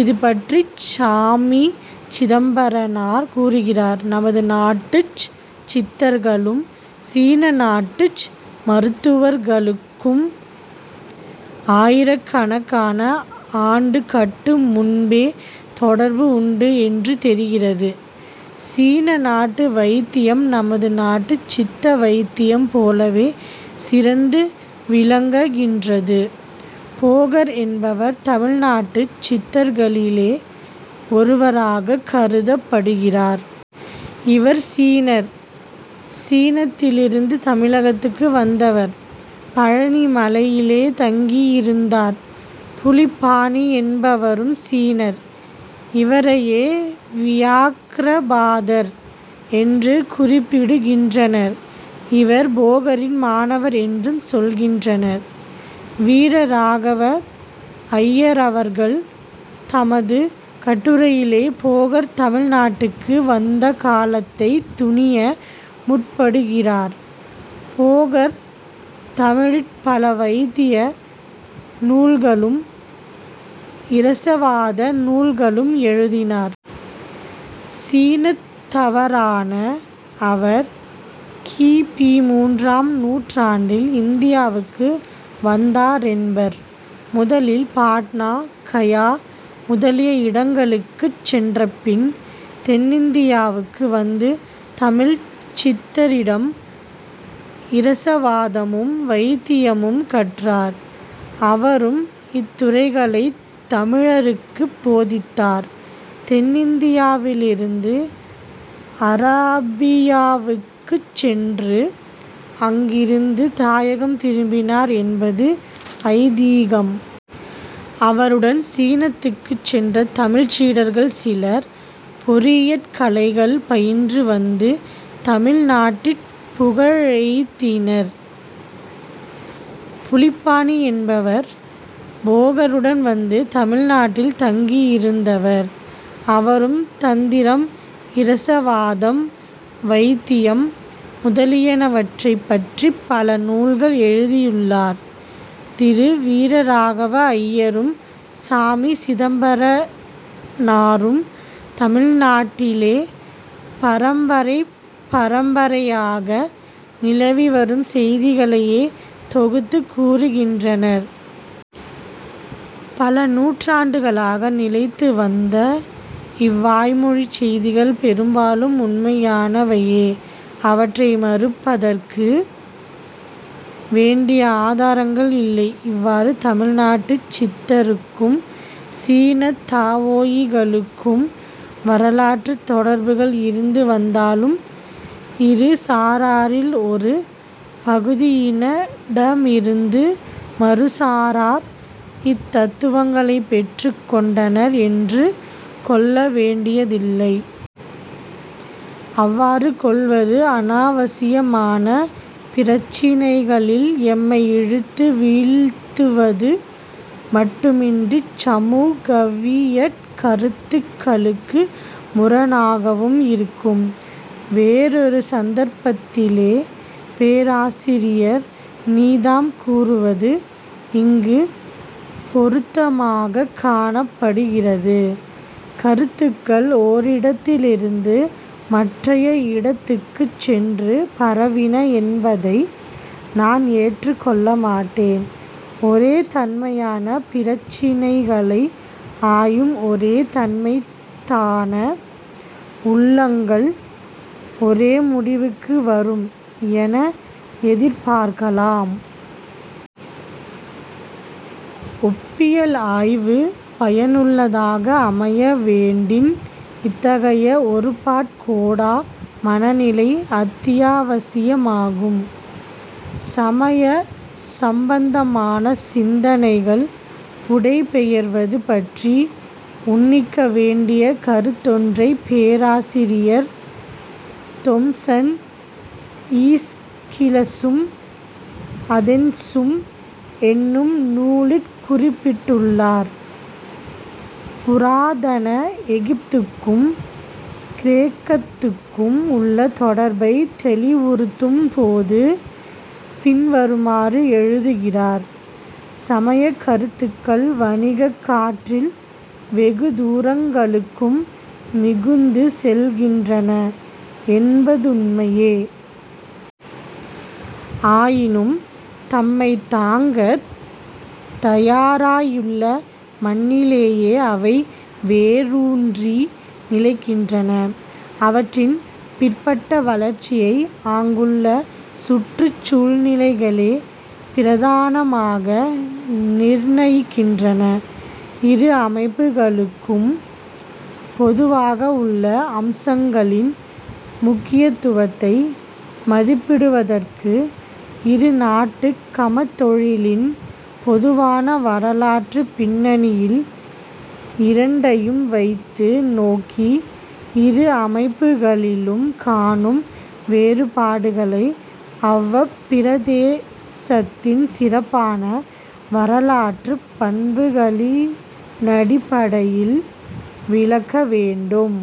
இதுபற்றிச் சாமி சிதம்பரனார் கூறுகிறார்: "நமது நாட்டுச் சித்தர்களும், சீன நாட்டுச் மருத்துவர்களுக்கும் ஆயிரக்கணக்கான ஆண்டுகட்டு முன்பே தொடர்பு உண்டு என்று தெரிகிறது... சீன நாட்டு வைத்தியம் நமது நாட்டுச் சித்த வைத்தியம் போலவே சிறந்து விளங்ககின்றது... போகர் என்பவர் தமிழ் நாட்டுச் சித்தர்களிலே ஒருவராகக் கருதப்படுகிறார். இவர் சீனர், சீனத்திலிருந்து தமிழகத்துக்கு வந்தவர். பழனி மலையிலே தங்கியிருந்தார். புலிப்பாணி என்பவரும் சீனர். இவரையே 'வியாக்ரபாதர்' என்று குறிப்பிடுகின்றனர். இவர் போகரின் மாணவர் என்றும் சொல்கின்றனர். வீரராகவ ஐயரவர்கள் தமது கட்டுரையிலே போகர் தமிழ் நாட்டுக்கு வந்த காலத்தைத் துணிய முற்படுகிறார். "போகர் தமிழிற் பல வைத்திய நூல்களும் இரசவாத நூல்களும் எழுதினார். சீனத்தவரான அவர் கி. பி. மூன்றாம் நூற்றாண்டில் இந்தியாவுக்கு வந்தாரென்பர். முதலில் பாட்னா, கயா, முதலிய இடங்களுக்குச் சென்றபின், தென்னிந்தியாவுக்கு வந்து, தமிழ்ச் சித்தரிடம் இரசவாதமும் வைத்தியமும் கற்றார். அவரும் இத்துறைகளைத் தமிழருக்குப் போதித்தார். தென்னிந்தியாவிலிருந்து அராபியாவுக்குச் சென்று, அங்கிருந்து தாயகம் திரும்பினார் என்பது ஐதீகம். அவருடன் சீனத்துக்குச் சென்ற தமிழ்ச் சீடர்கள் சிலர் பொறியியற் கலைகள் பயின்று வந்து தமிழ் நாட்டிற் புகழெய்தினர். புலிப்பாணி என்பவர் போகருடன் வந்து தமிழ் நாட்டில் தங்கியிருந்தவர். அவரும் தந்திரம், இரசவாதம், வைத்தியம் முதலியனவற்றைப் பற்றிப் பல நூல்கள் எழுதியுள்ளார். திரு. வீரராகவ ஐயரும், சாமி சிதம்பரனாரும் தமிழ்நாட்டிலே பரம்பரை பரம்பரையாக நிலவி வரும் செய்திகளையே தொகுத்துக் கூறுகின்றனர். பல நூற்றாண்டுகளாக நிலைத்து வந்த இவ்வாய்மொழிச் செய்திகள் பெரும்பாலும் உண்மையானவையே. அவற்றை மறுப்பதற்கு வேண்டிய ஆதாரங்கள் இல்லை. இவ்வாறு தமிழ் நாட்டுச் சித்தருக்கும் சீனத் தாவோயிகளுக்கும் வரலாற்றுத் தொடர்புகள் இருந்து வந்தாலும், இரு சாராரில் ஒரு பகுதியினடமிருந்து மறுசாரார் இத் தத்துவங்களைப் பெற்றுக் கொண்டனர் என்று கொள்ள வேண்டியதில்லை. அவ்வாறு கொள்வது அநாவசியமான பிரச்சினைகளில் எம்மை இழுத்து வீழ்த்துவது மட்டுமின்றிச் சமூகவியற் கருத்துக்களுக்கு முரணாகவும் இருக்கும். வேறொரு சந்தர்ப்பத்திலே பேராசிரியர் நீதாம் கூறுவது இங்கும் பொருத்தமாகக் காணப்படுகிறது. "கருத்துக்கள் ஓரிடத்திலிருந்து மற்றைய இடத்துக்குச் சென்று பரவின என்பதை நான் ஏற்றுக் கொள்ள மாட்டேன். ஒரே தன்மையான பிரச்சினைகளை ஆயும் ஒரே தன்மைத்தான உள்ளங்கள் ஒரே முடிவுக்கு வரும் என எதிர்பார்க்கலாம். " ஒப்பியல் ஆய்வு பயனுள்ளதாக அமையவேண்டின் இத்தகைய 'ஒருபாற்கோடா' மன நிலை அத்தியாவசியமாகும். சமய சம்பந்தமான சிந்தனைகள் புடைபெயர்வது பற்றி உன்னிக்க வேண்டிய கருத்தொன்றைப் பேராசிரியர் தொம்சன் ஈஸ்கிலசும் அதென்சும் என்னும் நூலிற் குறிப்பிட்டுள்ளார். புராதன எகிப்துக்கும் கிரேக்கத்துக்கும் உள்ள தொடர்பைத் தௌிவுறுத்தும் போது பின்வருமாறு எழுதுகிறார்: "சமயக் கருத்துக்கள் வணிகக் காற்றில் வெகு தூரங்களுக்கும் மிகுந்து செல்கின்றன என்பதுண்மையே. ஆயினும், தம்மைத் தாங்கத் தயாராயுள்ள மண்ணிலேயே அவை வேரூன்றி நிலைக்கின்றன. அவற்றின் பிற்பட்ட வளர்ச்சியை ஆங்குள்ள சுற்றுச் சூழ்நிலைகளே பிரதானமாக நிர்ணயிக்கின்றன. இரு அமைப்புகளுக்கும் பொதுவாக உள்ள அம்சங்களின் முக்கியத்துவத்தை மதிப்பிடுவதற்கு, இரு நாட்டுக் கமத்தொழிலின் பொதுவான வரலாற்றுப் பின்னணியில் இரண்டையும் வைத்து நோக்கி, இரு அமைப்புகளிலும் காணும் வேறுபாடுகளை அவ்வப் பிரதேசத்தின் சிறப்பான வரலாற்றுப் பண்புகளினடிப்படையில் விளக்க வேண்டும்.